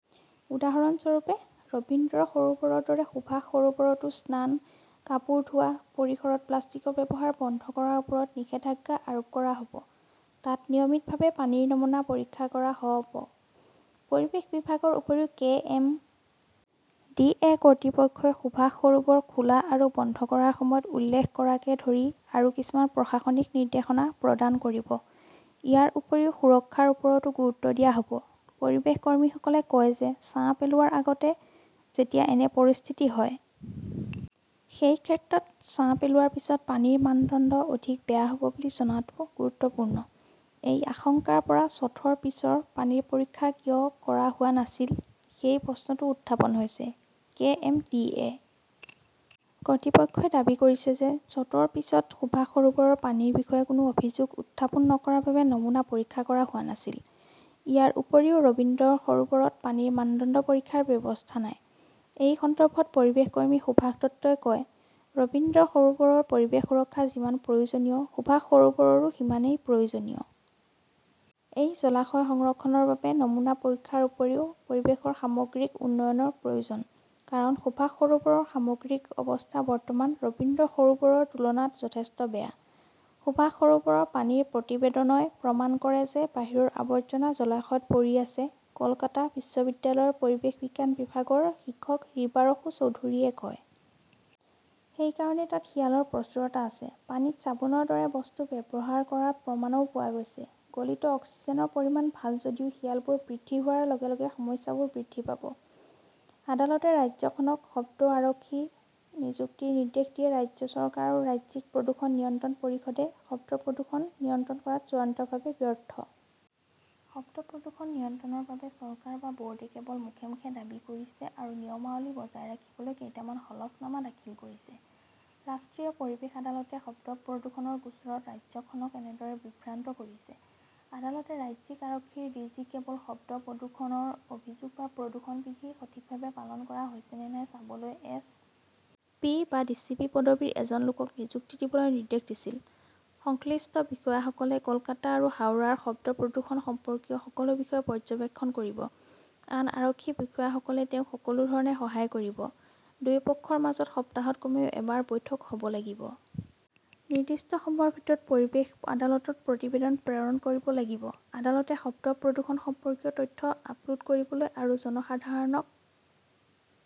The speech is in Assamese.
উদাহৰণস্বৰূপে, ৰবীন্দ্ৰ সৰোবৰৰ দৰে সুভাষ সৰোবৰতো স্নান, কাপোৰ ধোৱা, পৰিসৰত প্লাষ্টিকৰ ব্যৱহাৰ বন্ধ কৰাৰ ওপৰত নিষেধাজ্ঞা আৰোপ কৰা হ 'ব। তাত নিয়মিতভাৱে পানীৰ নমুনা পৰীক্ষা কৰা হ "ব। পৰিৱেশ বিভাগৰ উপৰিও, কে. এম. ডি. এ. কৰ্তৃপক্ষই সুভাষ সৰোবৰ খোলা আৰু বন্ধ কৰাৰ সময়ত উল্লেখ কৰাকে ধৰি আৰু কিছুমান প্ৰশাসনিক নিৰ্দেশনা প্ৰদান কৰিব। ইয়াৰ উপৰিও সুৰক্ষাৰ ওপৰতো গুৰুত্ব দিয়া হ "ব। পৰিৱেশ কৰ্মীসকলে কয় যে ছাঁ পেলোৱাৰ আগতে যেতিয়া এনে পৰিস্থিতি হয়। সেই ক্ষেত্ৰত ছাঁ পেলোৱাৰ পিছত পানীৰ মানদণ্ড অধিক বেয়া হ "ব বুলি জনাটো গুৰুত্বপূৰ্ণ। এই আশংকাৰ পৰা ছথৰ পিছৰ পানীৰ পৰীক্ষা কিয় কৰা হোৱা নাছিল? সেই প্ৰশ্নটোও উত্থাপন হৈছে। কে. এম. ডি. এ. কৰ্তৃপক্ষই দাবী কৰিছে যে শ্বটৰ পিছত সুভাষ সৰোবৰৰ পানীৰ বিষয়ে কোনো অভিযোগ উত্থাপন নকৰাৰ বাবে নমুনা পৰীক্ষা কৰা হোৱা নাছিল। ইয়াৰ উপৰিও ইয়াত ৰবীন্দ্ৰ সৰোবৰত পানীৰ মানদণ্ড পৰীক্ষাৰ ব্যৱস্থা নাই। এই সন্দৰ্ভত পৰিৱেশ কৰ্মী সুভাষ দত্তই কয়, "ৰবীন্দ্ৰ সৰোবৰৰ পৰিৱেশ সুৰক্ষা যিমান প্ৰয়োজনীয়, সুভাষ সৰোবৰৰো সিমানেই প্ৰয়োজনীয়। এই জলাশয় সংৰক্ষণৰ বাবে নমুনা পৰীক্ষাৰ উপৰিও পৰিৱেশৰ সামগ্ৰিক উন্নয়নৰ প্ৰয়োজন। কাৰণ, সুভাষ সৰোবৰৰ সামগ্ৰিক অৱস্থা বৰ্তমান ৰবীন্দ্ৰ সৰোবৰৰ তুলনাত যথেষ্ট বেয়া। "সুভাষ সৰোবৰৰ পানীৰ প্ৰতিবেদনই প্ৰমাণ কৰে যে বাহিৰৰ আৱৰ্জনা জলাশয়ত পৰি আছে", কলকাতা বিশ্ববিদ্যালয়ৰ পৰিৱেশ বিজ্ঞান বিভাগৰ শিক্ষক ৰিবাৰসু চৌধুৰীয়ে কয়। সেই কাৰণেই তাত শিয়ালৰ প্ৰচুৰতা আছে। পানীত চাবোনৰ দৰে বস্তু ব্যৱহাৰ কৰাৰ প্ৰমাণও পোৱা গৈছে। গলিত অক্সিজেনৰ পৰিমাণ ভাল যদিও শিয়ালবোৰ বৃদ্ধি হোৱাৰ লগে লগে সমস্যাবোৰ বৃদ্ধি পাব। "। আদালতে ৰাজ্যখনক শব্দ-আৰক্ষী নিযুক্তিৰ নিৰ্দেশ দিয়ে ৰাজ্য চৰকাৰ আৰু ৰাজ্যিক প্ৰদূষণ নিয়ন্ত্ৰণ পৰিষদে শব্দ প্ৰদূষণ নিয়ন্ত্ৰণ কৰাত 'চূড়ান্তভাৱে ব্যৰ্থ'। শব্দ প্ৰদূষণ নিয়ন্ত্ৰণৰ বাবে চৰকাৰ বা বোৰ্ডে কেৱল মুখে মুখে দাবী কৰিছে আৰু নিয়মাৱলী বজাই ৰাখিবলৈ কেইটামান হলফনামা দাখিল কৰিছে। ৰাষ্ট্ৰীয় পৰিৱেশ আদালতে শব্দ প্ৰদূষণৰ গোচৰত ৰাজ্যখনক এনেদৰে বিভ্ৰান্ত কৰিছে। আদালতে ৰাজ্যিক আৰক্ষীৰ ডিজি-ক কেৱল শব্দ প্ৰদূষণৰ অভিযোগ বা প্ৰদূষণ বিধি সঠিকভাৱে পালন কৰা হৈছে নে নাই চাবলৈ এছ. পি. বা ডি. চি. পি. পদবীৰ এজন লোকক নিযুক্তি দিবলৈ নিৰ্দেশ দিছিল। সংশ্লিষ্ট বিষয়াসকলে কলকাতা আৰু হাওড়াৰ শব্দ প্ৰদূষণ সম্পৰ্কীয় সকলো বিষয় পৰ্যবেক্ষণ কৰিব। আন আৰক্ষী বিষয়াসকলে তেওঁক সকলো ধৰণে সহায় কৰিব। দুয়োপক্ষৰ মাজত সপ্তাহত কমেও এবাৰ বৈঠক হ "ব লাগিব। নিৰ্দিষ্ট সময়ৰ ভিতৰত পৰিৱেশ আদালতত প্ৰতিবেদন প্ৰেৰণ কৰিব লাগিব। আদালতে শব্দ প্ৰদূষণ সম্পৰ্কীয় তথ্য আপলোড কৰিবলৈ আৰু জনসাধাৰণক